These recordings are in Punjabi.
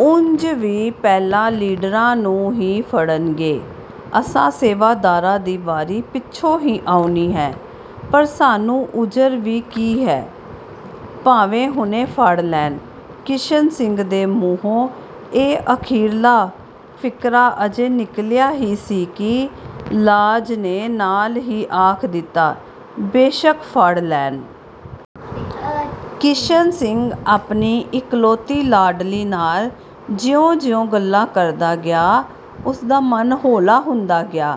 ਉਂਜ ਵੀ ਪਹਿਲਾਂ ਲੀਡਰਾਂ ਨੂੰ ਹੀ ਫੜਨਗੇ, ਅਸਾਂ ਸੇਵਾਦਾਰਾਂ ਦੀ ਵਾਰੀ ਪਿਛੋਂ ਹੀ ਆਉਣੀ ਹੈ, ਪਰ ਸਾਨੂੰ ਉਜ਼ਰ ਵੀ ਕੀ ਹੈ? ਭਾਵੇਂ ਹੁਣੇ ਫੜ ਲੈਣ। ਕਿਸ਼ਨ ਸਿੰਘ ਦੇ ਮੂੰਹੋਂ ਇਹ ਅਖੀਰਲਾ ਫ਼ਿਕਰਾ ਅਜੇ ਨਿਕਲਿਆ ਹੀ ਸੀ ਕਿ ਲਾਜ ਨੇ ਨਾਲ ਹੀ ਆਖ ਦਿੱਤਾ:- "ਬੇਸ਼ਕ ਫੜ ਲੈਣ"। ਕਿਸ਼ਨ ਸਿੰਘ ਆਪਣੀ ਇਕਲੌਤੀ ਲਾਡਲੀ ਨਾਲ ਜਿਉਂ-ਜਿਉਂ ਗੱਲਾਂ ਕਰਦਾ ਗਿਆ, ਉਸਦਾ ਮਨ ਹੌਲਾ ਹੁੰਦਾ ਗਿਆ।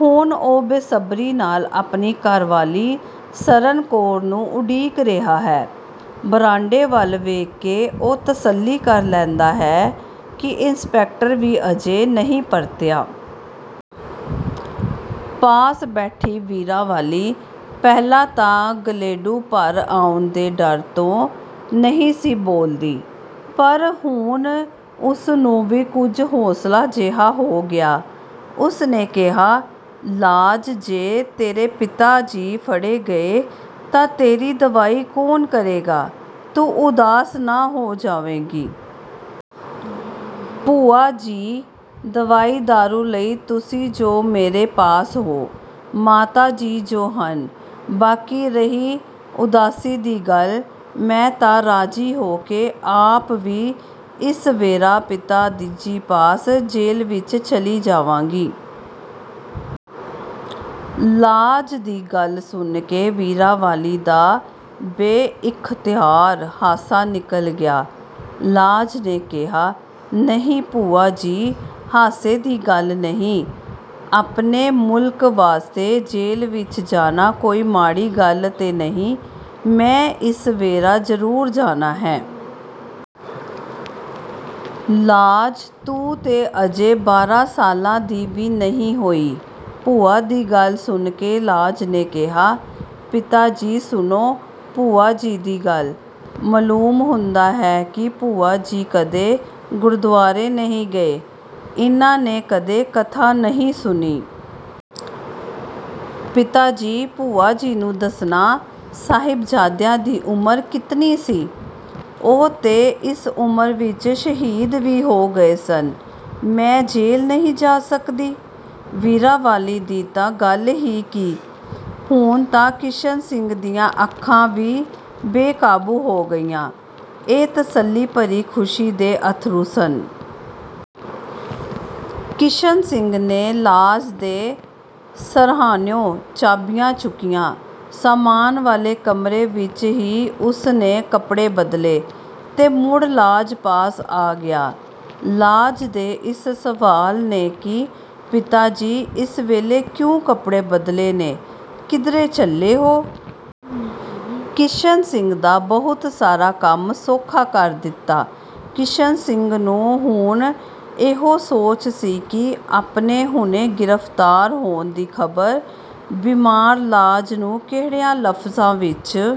ਹੁਣ ਉਹ ਬੇਸਬਰੀ ਨਾਲ ਆਪਣੀ ਘਰਵਾਲੀ ਸਰਨ ਕੌਰ ਨੂੰ ਉਡੀਕ ਰਿਹਾ ਹੈ। ਬਰਾਂਡੇ ਵੱਲ ਵੇਖ ਕੇ ਉਹ ਤਸੱਲੀ ਕਰ ਲੈਂਦਾ ਹੈ ਕਿ ਇੰਸਪੈਕਟਰ ਵੀ ਅਜੇ ਨਹੀਂ ਪਰਤਿਆ। ਪਾਸ ਬੈਠੀ ਵੀਰਾਂ ਵਾਲੀ ਪਹਿਲਾਂ ਤਾਂ ਗਲੇਡੂ ਭਰ ਆਉਣ ਦੇ ਡਰ ਤੋਂ ਨਹੀਂ ਸੀ ਬੋਲਦੀ ਪਰ ਹੁਣ ਉਸ ਨੂੰ ਵੀ ਕੁਝ ਹੌਸਲਾ ਜਿਹਾ ਹੋ ਗਿਆ। ਉਸ ਨੇ ਕਿਹਾ:- "ਲਾਜ, ਜੇ ਤੇਰੇ ਪਿਤਾ ਜੀ ਫੜੇ ਗਏ ਤਾਂ ਤੇਰੀ ਦਵਾਈ ਕੌਣ ਕਰੇਗਾ, ਤੂੰ ਉਦਾਸ ਨਾ ਹੋ ਜਾਵੇਂਗੀ"? ਭੂਆ ਜੀ, ਦਵਾਈ ਦਾਰੂ ਲਈ ਤੁਸੀਂ ਜੁ ਮੇਰੇ ਪਾਸ ਹੋ, ਮਾਤਾ ਜੀ ਜੁ ਹਨ, ਬਾਕੀ ਰਹੀ ਉਦਾਸੀ ਦੀ ਗੱਲ, ਮੈਂ ਤਾਂ ਰਾਜ਼ੀ ਹੋ ਕੇ ਆਪ ਵੀ ਇਸ ਵੇਰਾਂ ਪਿਤਾ ਜੀ ਪਾਸ ਜੇਲ ਵਿੱਚ ਚਲੀ ਜਾਵਾਂਗੀ। ਲਾਜ ਦੀ ਗਲ ਸੁਣ ਕੇ ਵੀਰਾਂ ਵਾਲੀ ਦਾ ਬੇ-ਇਖਤਿਆਰ ਹਾਸਾ ਨਿਕਲ ਗਿਆ। ਲਾਜ ਨੇ ਕਿਹਾ:- "ਨਹੀਂ ਭੂਆ ਜੀ ਹਾਸੇ ਦੀ ਗੱਲ ਨਹੀਂ, ਆਪਣੇ ਮੁਲਕ ਵਾਸਤੇ ਜੇਲ ਵਿੱਚ ਜਾਣਾ ਕੋਈ ਮਾੜੀ ਗੱਲ ਤੇ ਨਹੀਂ, ਮੈਂ ਇਸ ਵੇਰਾਂ ਜ਼ਰੂਰ ਜਾਣਾ ਹੈ। ਲਾਜ, ਤੂੰ ਤੇ ਅਜੇ ਬਾਰਾਂ ਸਾਲਾਂ ਦੀ ਵੀ ਨਹੀਂ ਹੋਈ। ਭੂਆ ਦੀ ਗੱਲ ਸੁਣ ਕੇ ਲਾਜ ਨੇ ਕਿਹਾ:- "ਪਿਤਾ ਜੀ, ਸੁਣੋ ਭੂਆ ਜੀ ਦੀ ਗੱਲ, ਮਲੂਮ ਹੁੰਦਾ ਹੈ, ਕਿ ਭੂਆ ਜੀ ਕਦੇ ਗੁਰਦਵਾਰੇ ਨਹੀਂ ਗਏ, ਇਨ੍ਹਾਂ ਨੇ ਕਦੇ ਕਥਾ ਨਹੀਂ ਸੁਣੀ। ਪਿਤਾ ਜੀ, ਭੂਆ ਜੀ ਨੂੰ ਦੱਸਣਾ, ਸਾਹਿਬ-ਜ਼ਾਦਿਆਂ ਦੀ ਉਮਰ ਕਿਤਨੀ ਸੀ? ਉਹ ਤੇ ਇਸ ਉਮਰ ਵਿਚ ਸ਼ਹੀਦ ਵੀ ਹੋ ਗਏ ਸਨ, ਮੈਂ ਜੇਲ ਨਹੀਂ ਜਾ ਸਕਦੀ? ਵੀਰਾਂ ਵਾਲੀ ਦੀ ਤਾਂ ਗੱਲ ਹੀ ਕੀ, ਹੁਣ ਤਾਂ ਕਿਸ਼ਨ ਸਿੰਘ ਦੀਆਂ ਅੱਖਾਂ ਵੀ ਬੇ-ਕਾਬੂ ਹੋ ਗਈਆਂ, ਇਹ ਤਸੱਲੀ ਭਰੀ ਖ਼ੁਸ਼ੀ ਦੇ ਅੱਥਰੂ ਸਨ। ਕਿਸ਼ਨ ਸਿੰਘ ਨੇ ਲਾਜ ਦੇ ਸਰਹਾਣਿਓ ਚਾਬੀਆਂ ਚੁੱਕੀਆ, ਸਾਮਾਨ ਵਾਲੇ ਕਮਰੇ ਵਿੱਚ ਹੀ ਉਸ ਨੇ ਕੱਪੜੇ ਬਦਲੇ, ਤੇ ਮੁੜ ਲਾਜ ਪਾਸ ਆ ਗਿਆ। ਲਾਜ ਦੇ ਇਸ ਸਵਾਲ ਨੇ ਕਿ "ਪਿਤਾ ਜੀ, ਇਸ ਵੇਲੇ ਕਿਉਂ ਕੱਪੜੇ ਬਦਲੇ ਨੇ, ਕਿਧਰੇ ਚਲੋ ਹੋ? ਕਿਸ਼ਨ ਸਿੰਘ ਦਾ ਬਹੁਤ ਸਾਰਾ ਕੰਮ ਸੌਖਾ ਕਰ ਦਿੱਤਾ। ਕਿਸ਼ਨ ਸਿੰਘ ਨੂੰ ਹੁਣ ਇਹੋ ਸੋਚ ਸੀ ਕਿ ਆਪਣੇ ਹੁਣੇ ਗ੍ਰਿਫ਼ਤਾਰ ਹੋਣ ਦੀ ਖ਼ਬਰ ਬੀਮਾਰ ਲਾਜ ਨੂੰ ਕੇਹੜਿਆਂ ਲਫਜ਼ਾਂ ਵਿੱਚ